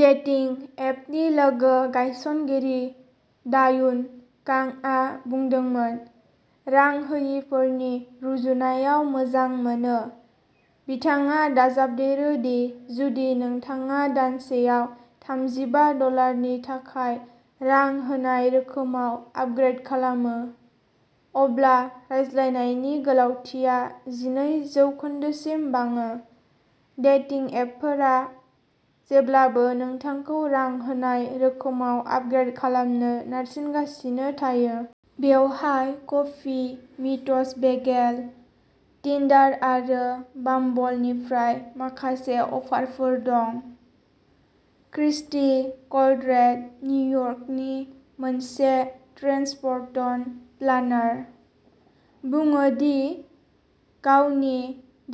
Dating एपनि लोगो गायसनगिरि दावुन कांगआ बुंदोंमोन, रां होयिफोरनि रुजुनायाव मोजां मोनो। बिथाङा दाजाबदेरो दि जुदि नोंथाङा दानसेआव थामजिबा डलारनि थाखाय रां होनाय रोखोमाव आपग्रेद खालामो, अब्ला रायज्लायनायनि गोलावथिया जिनै जौखोन्दोसिम बाङो। डेटिं एपफोरा जेब्लाबो नोंथांखौ रां होनाय रोखोमाव आपग्रेद खालामनो नारसिनगासिनो थायो। बेवहाय कफि मिट्स बेगेल, टिंडार आरो बाम्बलनिफ्राय माखासे अफारफोर दं। क्रिस्टि कलरेड निउयर्कनि मोनसे ट्रेन्सपर्ट'न प्लानार, बुङो दि गावनि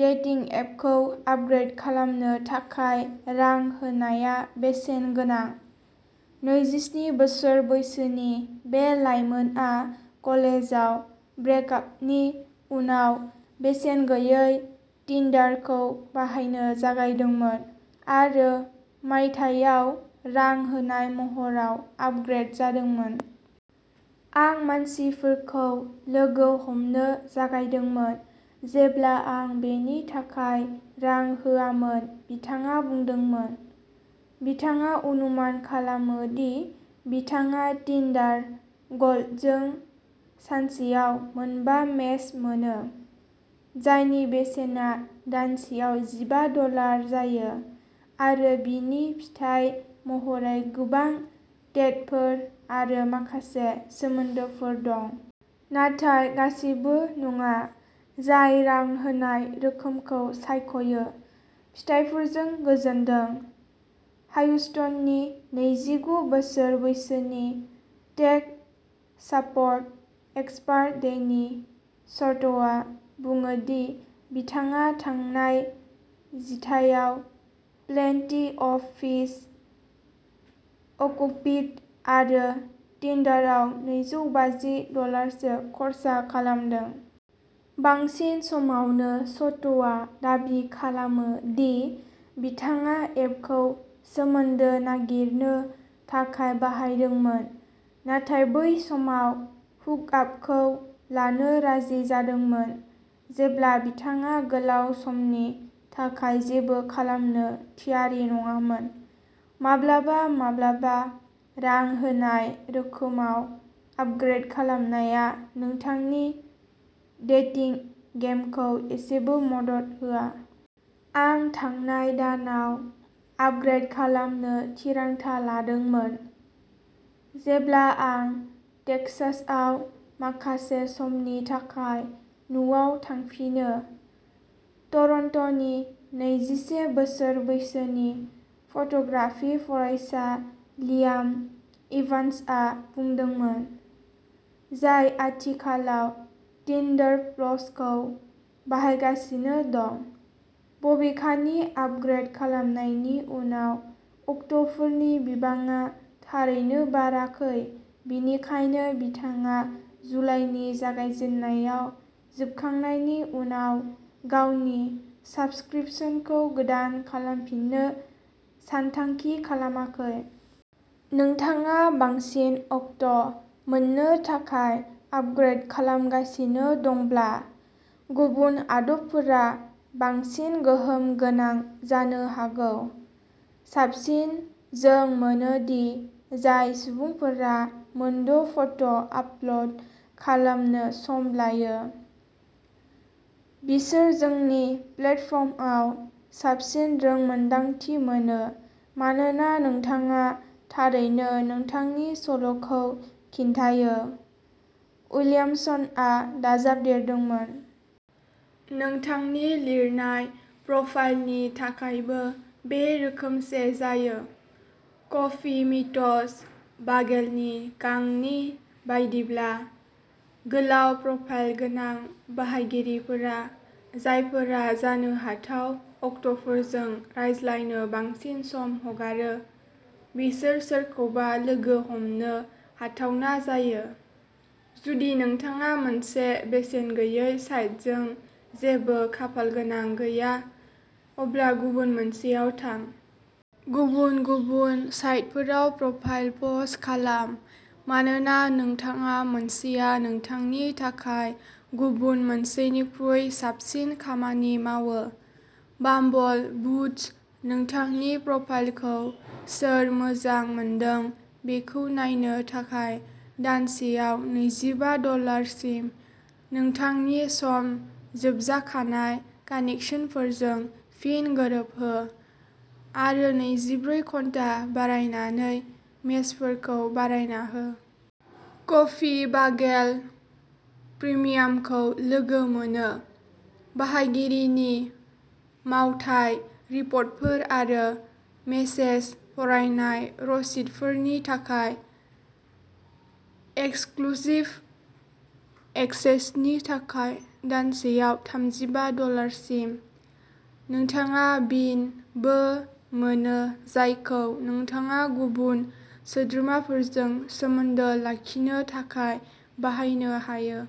डेटिं एपखौ आपग्रेद खालामनो थाखाय रां होनाया बेसेन गोनां। नैजिस्नि बोसोर बैसोनि बे लाइमोनआ कलेजआव ब्रेक आपनि उनाव बेसेन गैयै टिंडारखौ बाहायनो जागायदोंमोन आरो मायथाइयाव रां होनाय महराव आपग्रेद जादोंमोन। आं मानसिफोरखौ लोगो हमनो जागायदोंमोन जेब्ला आं बेनि थाखाय रां होआमोन बिथाङा बुंदोंमोन। बिथाङा अनुमान खालामो दि बिथाङा टिंडार गल्डजों सानसेयाव मोनबा मेच मोनो, जायनि बेसेना दानसेआव जिबा डलार जायो, आरो बिनि फिथाय महरै गोबां डेटफोर आरो माखासे सोमोन्दोफोर दं। नाथाय गासिबो नङा जाय रां होनाय रोखोमखौ सायख'यो। फिथाइफोरजों गोजोनदों। ह्यूस्टननि नैजिगु बोसोर बैसोनि टेक सापर्ट एक्सपार्ट डेनि स'ट'आ बुङो दि बिथाङा थांनाय जिथाइयाव प्लेन्टी अफ फिश, अ'ककुपिड आरो टिंडरआव नैजौ बाजि डलारसो खर्सा खालामदों। बांसिन समावनो स'ट'आ दाबि खालामो दि बिथाङा एपखौ सोमोन्दो नागिरनो थाखाय बाहायदोंमोन, नाथाय बै समाव हुकआपखौ लानो राजि जादोंमोन जेब्ला बिथाङा गोलाव समनि थाखाय जेबो खालामनो थियारि नङामोन। माब्लाबा-माब्लाबा रां होनाय रोखोमाव आपग्रेद खालामनाया नोंथांनि डेटिं गेमखौ एसेबो मदद होआ। आं थांनाय दानाव आपग्रेद खालामनो थिरांथा लादोंमोन, जेब्ला आं टेक्सासआव माखासे समनि थाखाय न'आव थांफिनो ट'रन्ट'नि नैजिसे बोसोर बैसोनि फट'ग्राफि फरायसा लियाम इभान्सआ बुंदोंमोन, जाय आथिखालाव टिंडर प्लसखौ बाहायगासिनो दं। बबेखानि आपग्रेद खालामनायनि उनाव अक्ट'फोरनि बिबाङा थारैनो बाराखै बेनिखायनो बिथाङा जुलाइनि जागायजेन्नायाव जोबखांनायनि उनाव गावनि साब्सक्रिपशनखौ गोदान खालामफिननो सानथांखि खालामाखै। नोंथाङा बांसिन अक्ट' मोन्नो थाखाय आपग्रेद खालामगासिनो दंब्ला, गुबुन आदबफोरा बांसिन गोहोम गोनां जानो हागौ। साबसिन जों मोनो दि जाय सुबुंफोरा मोनद' फट' आपल'ड खालामनो सम लायो, बिसोर जोंनि प्लेटफर्मआव साबसिन रोंमोन्दांथि मोनो मानोना नोंथाङा थारैनो नोंथांनि सल'खौ खिन्थायो उइलियामसनआ दाजाबदेरदोंमोन। नोंथांनि लिरनाय प्रफाइलनि थाखायबो बे रोखोमसे जायो। कफि मिट्स बागेलनि कांगनि बायदिब्ला, गोलाव प्रफाइल गोनां बाहायगिरिफोरा जायफोरा जानो हाथाव अक्ट'फोरजों रायज्लायनो बांसिन सम हगारो, बिसोर सोरखौबा लोगो हमनो हाथावना जायो। जुदि नोंथाङा मोनसे बेसेन गैयै साइटजों जेबो खाफालगोनां गैया, अब्ला गुबुन मोनसेआव थां। गुबुन-गुबुन साइटफोराव प्रफाइल पस्ट खालाम मानोना नोंथाङा मोनसेया नोंथांनि थाखाय गुबुन मोनसेनिख्रुइ साबसिन खामानि मावो। बाम्बल बुस्ट नोंथांनि प्रफाइलखौ सोर मोजां मोनदों बेखौ नायनो थाखाय दानसेआव नैजिबा डलार सिम, नोंथांनि सम जोबजाखानाय कानेकसनफोरजों फिन गोरोबहो, आरो नैजिब्रै घन्टा बारायनानै मेचफोरखौ बारायना हो। कफि बागेल प्रिमियामखौ लोगो मोनो बाहायगिरिनि मावथाय रिपर्टफोर आरो मेसेज फरायनाय रसिदफोरनि थाखाय एक्सक्लुसिभ एक्सेसनि थाखाय दानसेआव थामजिबा डलार सिम। नोंथाङा बिन बो मोनो जायखौ नोंथाङा गुबुन सोद्रोमाफोरजों सोमोन्दो लाखिनो थाखाय बाहायनो हायो।